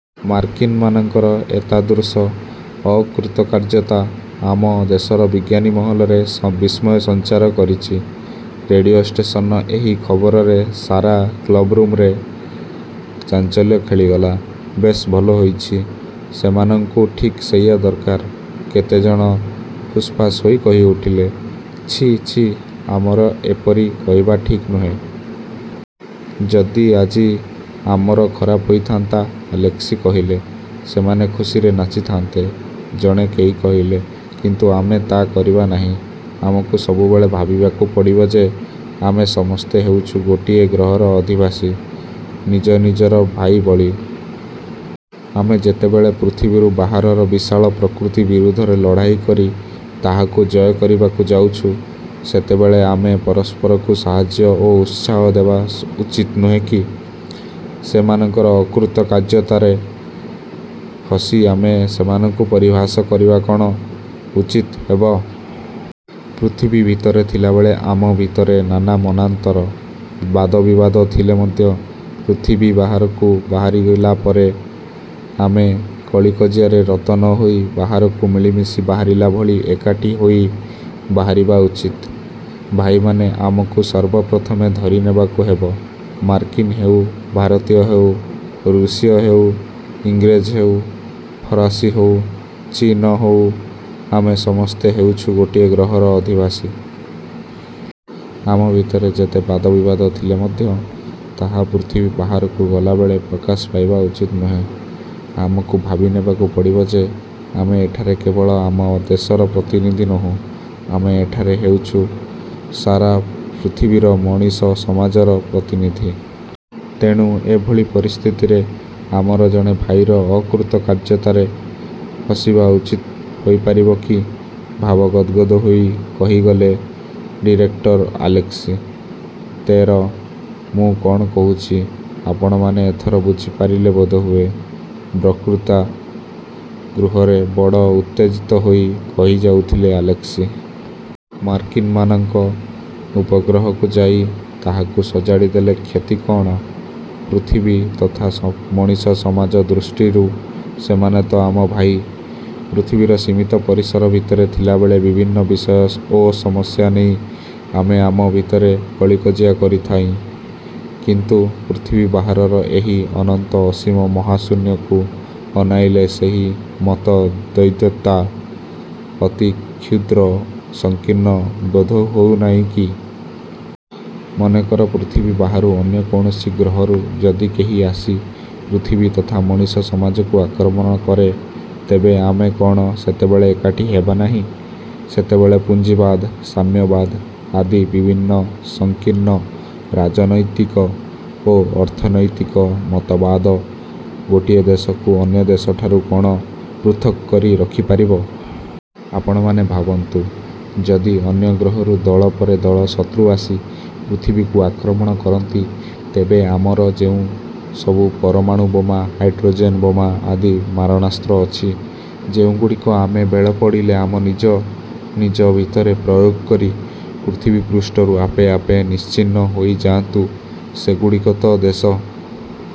ମାର୍କିନ୍ମାନଙ୍କର ଏତାଦୃଶ ଅକୃତକାର୍ଯ୍ୟତା ଆମ ଦେଶର ବିଜ୍ଞାନୀମହଲରେ ବିସ୍ମୟ ସଞ୍ଚାର କରିଛି। '' ରେଡ଼ିଓ ଷ୍ଟେସନର ଏହି ଖବରରେ ସାରା କ୍ଳବ୍ରୁମ୍ରେ ଚାଞ୍ଚଲ୍ୟ ଖେଳିଗଲା। ''ବେଶ୍ ଭଲ ହୋଇଛି। ସେମାନଙ୍କୁ ଠିକ୍ ସେଇଆ ଦରକାର। '' କେତେ ଜଣ ଫୁସ୍ଫାସ୍ ହୋଇ କହିଉଠିଲେ। ''ଛି, ଛି, ଆମର ଏପରି କହିବା ଠିକ୍ ନୁହେଁ। ଯଦି ଆଜି ଆମର ଖରାପ ହୋଇଥାନ୍ତା? '' ଆଲେସ୍କି କହିଲେ। ''ସେମାନେ ଖୁସିରେ ନାଚିଥାନ୍ତେ''–ଜଣେ କେହି କହିଲେ। ''କିନ୍ତୁ ଆମେ ତା କରିବା ନାହିଁ। ଆମକୁ ସବୁବେଳେ ଭାବିବାକୁ ପଡ଼ିବ ଯେ, ଆମେ ସମସ୍ତେ ହେଉଛୁ ଗୋଟାଏ ଗ୍ରହର ଅଧିବାସୀ, ନିଜ ନିଜର ଭାଇ ଭଳି। ଆମେ ଯେତେବେଳେ ପୃଥିବୀରୁ ବାହାରର ବିଶାଳ ପ୍ରକୃତି ବିରୁଦ୍ଧରେ ଲଢ଼ାଇ କରି ତାହାକୁ ଜୟ କରିବାକୁ ଯାଉଛୁ, ସେତେବେଳେ ଆମେ ପରସ୍ପରକୁ ସାହାଯ୍ୟ ଓ ଉତ୍ସାହ ଦେବା ଉଚିତ ନୁହେଁ କି? ସେମାନଙ୍କର ଅକୃତକାର୍ଯ୍ୟତାରେ ହସି ଆମେ ସେମାନଙ୍କୁ ପରିହାସ କରିବା କ'ଣ ଉଚିତ ହେବ? ପୃଥିବୀ ଭିତରେ ଥିଲାବେଳେ ଆମ ଭିତରେ ନାନା ମନାନ୍ତର, ବାଦବିବାଦ ଥିଲେ ମଧ୍ୟ ପୃଥିବୀ ବାହାରକୁ ବାହାରିଲାବେଳେ ଆମେ କଳିକଜିଆରେ ରତ ନ ହୋଇ ବାହାରକୁ ମିଳିମିଶି ବାହାରିଲା ଭଳି ଏକାଠି ହୋଇ ବାହାରିବା ଉଚିତ। ଭାଇମାନେ, ଆମକୁ ସର୍ବପ୍ରଥମେ ଧରି ନେବାକୁ ହେବ, ମାର୍କିନ୍ ହେଉ, ଭାରତୀୟ ହେଉ, ରୁଷୀୟ ହେଉ, ଇଂରେଜ ହେଉ, ଫରାସୀ ହେଉ, ଚୀନ ହେଉ, ଆମେ ସମସ୍ତେ ହେଉଛୁ ଗୋଟିଏ ଗ୍ରହର ଅଧିବାସୀ। ଆମ ଭିତରେ ଯେତେ ବାଦବିବାଦ ଥିଲେ ମଧ୍ୟ ତାହା ପୃଥିବୀ ବାହାରକୁ ଗଲାବେଳେ ପ୍ରକାଶ ପାଇବା ଉଚିତ ନୁହେଁ। ଆମକୁ ଭାବିନେବାକୁ ପଡ଼ିବ ଯେ, ଆମେ ଏଠାରେ କେବଳ ଆମ ଦେଶର ପ୍ରତିନିଧି ନୋହୁଁ, ଆମେ ଏଠାରେ ହେଉଛୁଁ ସାରା ପୃଥିବୀର ମଣିଷ ସମାଜର ପ୍ରତିନିଧି। ତେଣୁ ଏଭଳି ପରିସ୍ଥିତିରେ ଆମର ଜଣେ ଭାଇର ଅକୃତକାର୍ଯ୍ୟତାରେ ହସିବା ଉଚିତ ହେଇପାରିବ କି? '' ଭାବ ଗଦ୍ଗଦ୍ ହୋଇ କହିଗଲେ ଡିରେକ୍ଟର ଆଲେସ୍କି। ତେର ''ମୁଁ କ'ଣ କହୁଛି, ଆପଣମାନେ ଏଥର ବୁଝିପାରିଲେ ବୋଧହୁଏ? '' ବକ୍ତୃତା ଗୃହରେ ବଡ଼ ଉତ୍ତେଜିତ ହୋଇ କହିଯାଉଥିଲେ ଆଲେସ୍କି। ''ମାର୍କିନ୍ମାନଙ୍କ ଉପଗ୍ରହକୁ ଯାଇ ତାହାକୁ ସଜାଡ଼ି ଦେଲେ କ୍ଷତି କଅଣ? ପୃଥିବୀ ତଥା ମଣିଷ ସମାଜ ଦୃଷ୍ଟିରୁ ସେମାନେ ତ ଆମ ଭାଇ। ପୃଥିବୀର ସୀମିତ ପରିସର ଭିତରେ ଥିଲାବେଳେ ବିଭିନ୍ନ ବିଷୟ ଓ ସମସ୍ୟା ନେଇ ଆମେ ଆମ ଭିତରେ କଳିକଜିଆ କରୁଥାଇଁ; କିନ୍ତୁ ପୃଥିବୀ ବାହାରର ଏହି ଅନନ୍ତ ଅସୀମ ମହାଶୂନ୍ୟକୁ ଅନାଇଲେ ସେହି ମତଦ୍ୱୈଧତା ଅତି କ୍ଷୁଦ୍ର ସଂକୀର୍ଣ୍ଣ ବୋଧ ହେଉନାହିଁ କି? ମନେକର ପୃଥିବୀ ବାହାରୁ ଅନ୍ୟ କୌଣସି ଗ୍ରହରୁ ଯଦି କେହି ଆସି ପୃଥିବୀ ତଥା ମଣିଷ ସମାଜକୁ ଆକ୍ରମଣ କରେ, ତେବେ ଆମେ କ'ଣ ସେତେବେଳେ ଏକାଠି ହେବା ନାହିଁ? ସେତେବେଳେ ପୁଞ୍ଜିବାଦ, ସାମ୍ୟବାଦ ଆଦି ବିଭିନ୍ନ ସଂକୀର୍ଣ୍ଣ ରାଜନୈତିକ ଓ ଅର୍ଥନୈତିକ ମତବାଦ ଗୋଟିଏ ଦେଶକୁ ଅନ୍ୟ ଦେଶଠାରୁ କ'ଣ ପୃଥକ୍କରି ରଖି ପାରିବ? ଆପଣମାନେ ଭାବନ୍ତୁ, ଯଦି ଅନ୍ୟ ଗ୍ରହରୁ ଦଳ ପରେ ଦଳ ଶତ୍ରୁ ଆସି ପୃଥିବୀକୁ ଆକ୍ରମଣ କରନ୍ତି, ତେବେ ଆମର ଯେଉଁସବୁ ପରମାଣୁବୋମା, ହାଇଡ଼୍ରୋଜେନ ବୋମା ଆଦି ମାରଣାସ୍ତ୍ର ଅଛି, ଯେଉଁଗୁଡ଼ିକ ଆମେ ବେଳ ପଡ଼ିଲେ ଆମ ନିଜ ନିଜ ଭିତରେ ପ୍ରୟୋଗ କରି ପୃଥିବୀପୃଷ୍ଠରୁ ଆପେ ଆପେ ନିଶ୍ଚିହ୍ନ ହୋଇ ଯାଆନ୍ତୁ; ସେଗୁଡ଼ିକ ତ ଦେଶ,